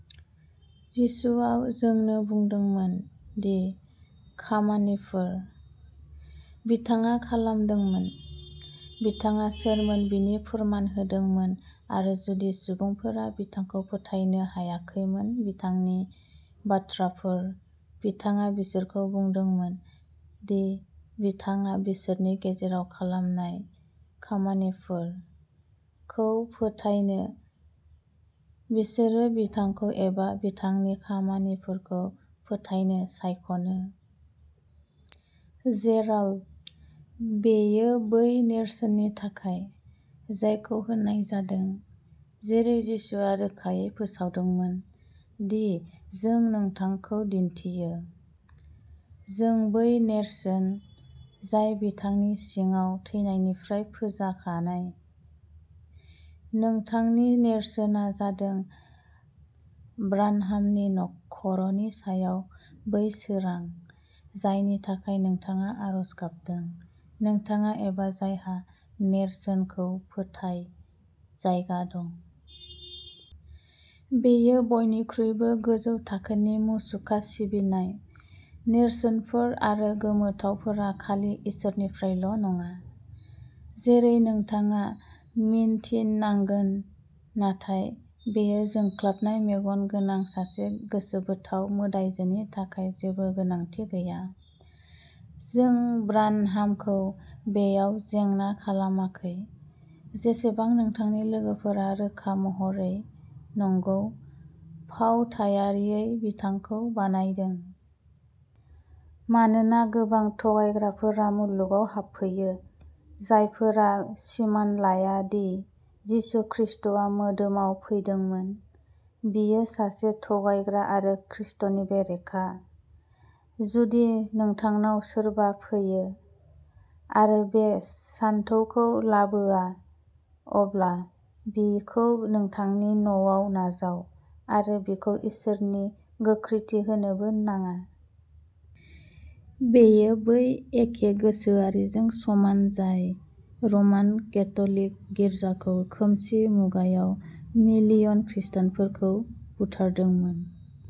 जिसुआ जोंनो बुंदोंमोन दि "खामानिफोर" बिथाङा खालामदोंमोन। बिथाङा सोरमोन बिनि फोरमान होदोंमोन आरो जुदि सुबुंफोरा बिथांखौ फोथायनो हायाखैमोन-बिथांनि बाथ्राफोर, बिथाङा बिसोरखौ बुंदोंमोन दि बिथाङा बिसोरनि गेजेराव खालामनाय "खामानिफोर" खौ फोथायनो। बिसोरो बिथांखौ एबा बिथांनि खामानिफोरखौ फोथायनो सायख'नो। जेराल्ड, बेयो बै नेरसोननि थाखाय, जायखौ होनाय जादों, जेरै जिसुआ रोखायै फोसावदोंमोन, दि जों नोंथांखौ दिन्थियो। जों बै नेरसोन, जाय बिथांनि सिङाव थैनायनिफ्राय फोजाखानाय। नोंथांनि नेरसोनआ जादों ब्रानहामनि खर'नि सायाव बै सोरां, जायनि थाखाय नोंथाङा आरज गाबदों, नोंथाङा एबा जायहा "नेरसोनखौ फोथाय" जायगा दं। बेयो बयनिख्रुइबो गोजौ थाखोनि मुसुखा सिबिनाय। नेरसोनफोर आरो गोमोथावफोरा खालि इसोरनिफ्रायल'नङा, जेरै नोंथाङा मिन्थिनांगोन, नाथाय बेयो जोंख्लाबनाय मेगन गोनां सासे गोसोबोथाव मोदायजोनि थाखाय जेबो गोनांथि गैया। जों ब्रानहामखौ बेयाव जेंना खालामाखै, जेसेबां नोंथांनि लोगोफोरा रोखा महरै, नंगौ, फावथायारियै बिथांखौ बानायदों। "मानोना गोबां थगायग्राफोरा मुलुगाव हाबफैयो, जायफोरा सिमान लाया दि यीशु खृष्टआ मोदोमाव फैदोंमोन। बियो सासे थगायग्रा आरो ख्रीष्टनि बेरेखा। जुदि नोंथांनाव सोरबा फैयो, आरो बे सानथौखौ लाबोआ, अब्ला बिखौ नोंथांनि न'आव नाजाव, आरो बिखौ इसोरनि गोख्रैथि होनोबो नाङा"। बेयो बै एखे गोसोआरिजों समान जाय रमान केथ'लिक गिर्जाखौ खोमसि मुगायाव मिलियन खृष्टानफोरखौ बुथारदोंमोन।